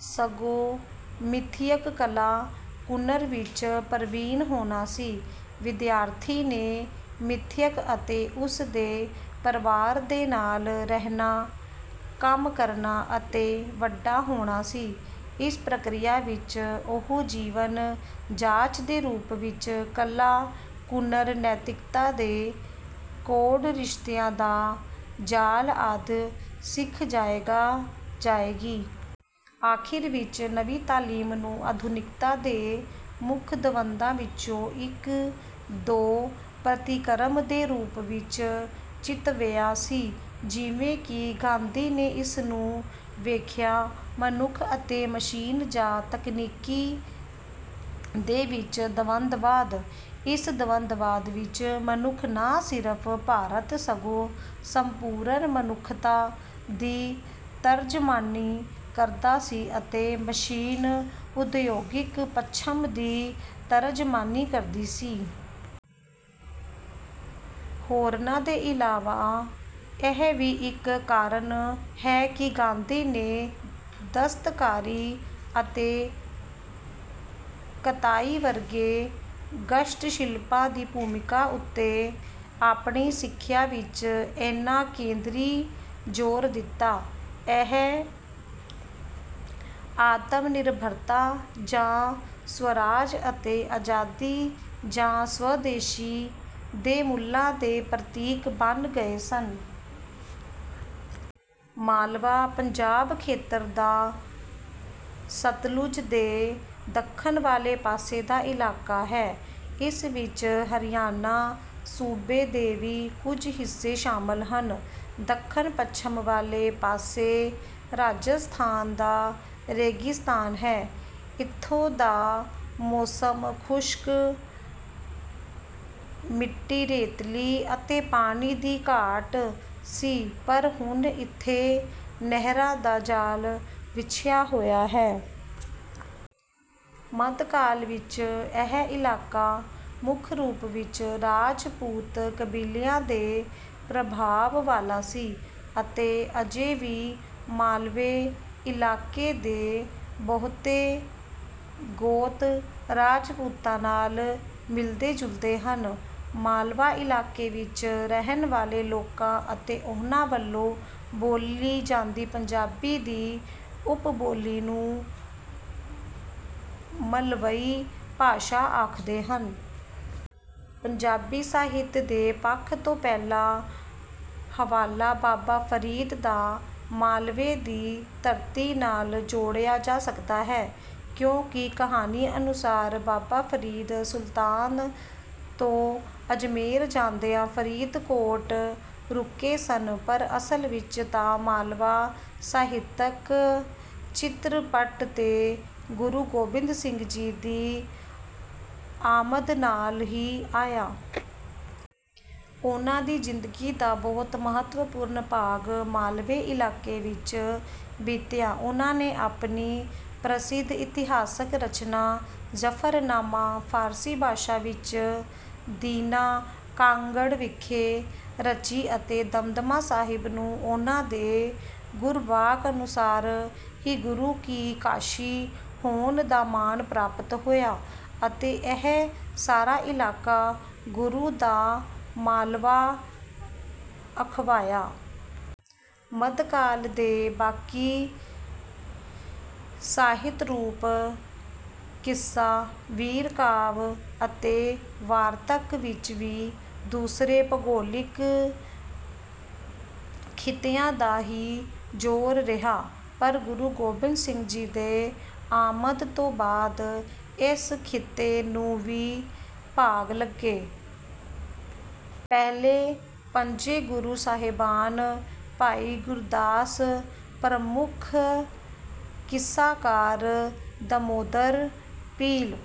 ਸਗੋਂ, ਸਿਖਿਅਕ ਕਲਾ ਕੁਨਰ ਵਿੱਚ ਪਰਵੀਨ ਹੋਣਾ ਸੀ। ਵਿਦਿਆਰਥੀ ਨੇ ਸਿਖਿਅਕ ਅਤੇ ਉਸਦੇ ਪਰਵਾਰ ਦੇ ਨਾਲ ਰਹਿਣਾ ਕੰਮ ਕਰਨਾ ਅਤੇ ਵੱਡਾ ਹੋਣਾ ਸੀ। ਇਸ ਪ੍ਰਕਿਰਿਆ ਵਿੱਚ ਉਹ ਜੀਵਨ ਜਾਚ ਦੇ ਰੂਪ ਵਿੱਚ ਕਲਾ ਕੁਨਰ ਨੈਤਿਕਤਾ ਦੇ ਕੋਡ ਰਿਸ਼ਤਿਆਂ ਦਾ ਜਾਲ ਆਦਿ ਸਿੱਖ ਜਾਏਗਾ ਜਾਏਗੀ। ਆਖਿਰ ਵਿੱਚ ਨਈ ਤਾਲੀਮ ਨੂੰ ਆਧੁਨਿਕਤਾ ਦੇ ਮੁੱਖ ਦਵੰਦਾਂ ਵਿੱਚੋਂ ਇੱਕ ਦੇ ਪ੍ਰਤੀਕਰਮ ਦੇ ਰੂਪ ਵਿੱਚ ਚਿਤਵਿਆ ਸੀ ਜਿਵੇਂ ਕਿ ਗਾਂਧੀ ਨੇ ਇਸਨੂੰ ਵੇਖਿਆ ਮਨੁੱਖ ਅਤੇ ਮਸ਼ੀਨ ਜਾਂ ਤਕਨੀਕੀ ਦੇ ਵਿੱਚ ਦਵੰਦਵਾਦ। ਇਸ ਦਵੰਦਵਾਦ ਵਿੱਚ ਮਨੁੱਖ ਨਾ ਸਿਰਫ ਭਾਰਤ ਸਗੋਂ ਸੰਪੂਰਨ ਮਨੁੱਖਤਾ ਦੀ ਤਰਜਮਾਨੀ ਕਰਦਾ ਸੀ ਅਤੇ ਮਸ਼ੀਨ ਉਦਯੋਗਿਕ ਪੱਛਮ ਦੀ ਤਰਜਮਾਨੀ ਕਰਦੀ ਸੀ। ਹੋਰਨਾਂ ਦੇ ਇਲਾਵਾ ਇਹ ਵੀ ਇੱਕ ਕਾਰਨ ਹੈ ਕਿ ਗਾਂਧੀ ਨੇ ਦਸਤਕਾਰੀ ਅਤੇ ਕਤਾਈ ਵਰਗੇ ਹਸਤਸ਼ਿਲਪਾਂ ਦੀ ਭੂਮਿਕਾ ਉੱਤੇ ਆਪਣੀ ਸਿੱਖਿਆ ਵਿੱਚ ਏਨਾ ਕੇਂਦਰੀ ਜ਼ੋਰ ਦਿੱਤਾ। ਇਹ ਆਤਮਨਿਰਭਰਤਾ ਜਾਂ ਸਵਰਾਜ ਅਤੇ ਆਜ਼ਾਦੀ ਜਾਂ ਸਵਦੇਸ਼ੀ ਦੇ ਮੁੱਲਾਂ ਦੇ ਪ੍ਰਤੀਕ ਬਣ ਗਏ ਸਨ। ਮਾਲਵਾ ਪੰਜਾਬ ਖੇਤਰ ਦਾ ਸਤਲੁਜ ਦੇ ਦੱਖਣ ਵਾਲੇ ਪਾਸੇ ਦਾ ਇਲਾਕਾ ਹੈ। ਇਸ ਵਿੱਚ ਹਰਿਆਣਾ ਸੂਬੇ ਦੇ ਵੀ ਕੁਝ ਹਿੱਸੇ ਸ਼ਾਮਲ ਹਨ। ਦੱਖਣ ਪੱਛਮ ਵਾਲੇ ਪਾਸੇ ਰਾਜਸਥਾਨ ਦਾ ਰੇਗਿਸਤਾਨ ਹੈ। ਇੱਥੋਂ ਦਾ ਮੌਸਮ ਖੁਸ਼ਕ ਮਿੱਟੀ ਰੇਤਲੀ ਅਤੇ ਪਾਣੀ ਦੀ ਘਾਟ ਸੀ ਪਰ ਹੁਣ ਇੱਥੇ ਨਹਿਰਾਂ ਦਾ ਜਾਲ ਵਿਛਿਆ ਹੋਇਆ ਹੈ। ਮੱਧਕਾਲ ਵਿੱਚ ਇਹ ਇਲਾਕਾ ਮੁੱਖ ਰੂਪ ਵਿੱਚ ਰਾਜਪੂਤ ਕਬੀਲਿਆਂ ਦੇ ਪ੍ਰਭਾਵ ਵਾਲਾ ਸੀ ਅਤੇ ਅਜੇ ਵੀ ਮਾਲਵੇ ਇਲਾਕੇ ਦੇ ਬਹੁਤੇ ਗੋਤ ਰਾਜਪੂਤਾਂ ਨਾਲ ਮਿਲਦੇ ਜੁਲਦੇ ਹਨ। ਮਾਲਵਾ ਇਲਾਕੇ ਵਿੱਚ ਰਹਿਣ ਵਾਲੇ ਲੋਕਾਂ ਅਤੇ ਓਹਨਾਂ ਵੱਲੋਂ ਬੋਲੀ ਜਾਂਦੀ ਪੰਜਾਬੀ ਦੀ ਉਪਬੋਲੀ ਨੂੰ ਮਲਵਈ ਭਾਸ਼ਾ ਆਖਦੇ ਹਨ। ਪੰਜਾਬੀ ਸਾਹਿਤ ਦੇ ਪੱਖ ਤੋਂ ਪਹਿਲਾ ਹਵਾਲਾ ਬਾਬਾ ਫਰੀਦ ਦਾ ਮਾਲਵੇ ਦੀ ਧਰਤੀ ਨਾਲ ਜੋੜਿਆ ਜਾ ਸਕਦਾ ਹੈ। ਕਿਉਂਕਿ ਕਹਾਣੀ ਅਨੁਸਾਰ ਬਾਬਾ ਫਰੀਦ ਮੁਲਤਾਨ ਤੋਂ ਅਜਮੇਰ ਜਾਂਦਿਆਂ ਫਰੀਦਕੋਟ ਰੁਕੇ ਸਨ ਪਰ ਅਸਲ ਵਿੱਚ ਤਾਂ ਮਾਲਵਾ ਸਾਹਿਤਕ ਚਿੱਤਰਪੱਟ ਤੇ ਗੁਰੂ ਗੋਬਿੰਦ ਸਿੰਘ ਜੀ ਦੀ ਆਮਦ ਨਾਲ ਹੀ ਆਇਆ। ਉਨ੍ਹਾਂ ਦੀ ਜ਼ਿੰਦਗੀ ਦਾ ਬਹੁਤ ਮਹੱਤਵਪੂਰਨ ਭਾਗ ਮਾਲਵੇ ਇਲਾਕੇ ਵਿੱਚ ਬੀਤਿਆ। ਉਨ੍ਹਾਂ ਨੇ ਆਪਣੀ ਪ੍ਰਸਿੱਧ ਇਤਿਹਾਸਕ ਰਚਨਾ ਜ਼ਫਰਨਾਮਾ ਫਾਰਸੀ ਭਾਸ਼ਾ ਵਿੱਚ ਦੀਨਾ ਕਾਂਗੜ ਵਿਖੇ ਰਚੀ ਅਤੇ ਦਮਦਮਾ ਸਾਹਿਬ ਨੂੰ ਉਨ੍ਹਾਂ ਦੇ ਗੁਰਵਾਕ ਅਨੁਸਾਰ ਹੀ ਗੁਰੂ ਕੀ ਕਾਸ਼ੀ ਹੋਣ ਦਾ ਮਾਣ ਪ੍ਰਾਪਤ ਹੋਇਆ ਅਤੇ ਇਹ ਸਾਰਾ ਇਲਾਕਾ ਗੁਰੂ ਕਾ ਮਾਲਵਾ ਅਖਵਾਇਆ। ਮੱਧਕਾਲ ਦੇ ਬਾਕੀ ਸਾਹਿਤ ਰੂਪ ਕਿੱਸਾ ਵੀਰ ਕਾਵਿ ਅਤੇ ਵਾਰਤਕ ਵਿੱਚ ਵੀ ਦੂਸਰੇ ਭੂਗੋਲਿਕ ਖਿੱਤਿਆਂ ਦਾ ਹੀ ਜ਼ੋਰ ਰਿਹਾ ਪਰ ਗੁਰੂ ਗੋਬਿੰਦ ਸਿੰਘ ਜੀ ਦੇ ਆਮਦ ਤੋਂ ਬਾਅਦ ਇਸ ਖਿੱਤੇ ਨੂੰ ਵੀ ਭਾਗ ਲੱਗੇ। ਪਹਿਲੇ ਪੰਜੇ ਗੁਰੂ ਸਾਹਿਬਾਨ ਭਾਈ ਗੁਰਦਾਸ ਪ੍ਰਮੁੱਖ ਕਿੱਸਾਕਾਰ ਦਮੋਦਰ ਪੀਲੂ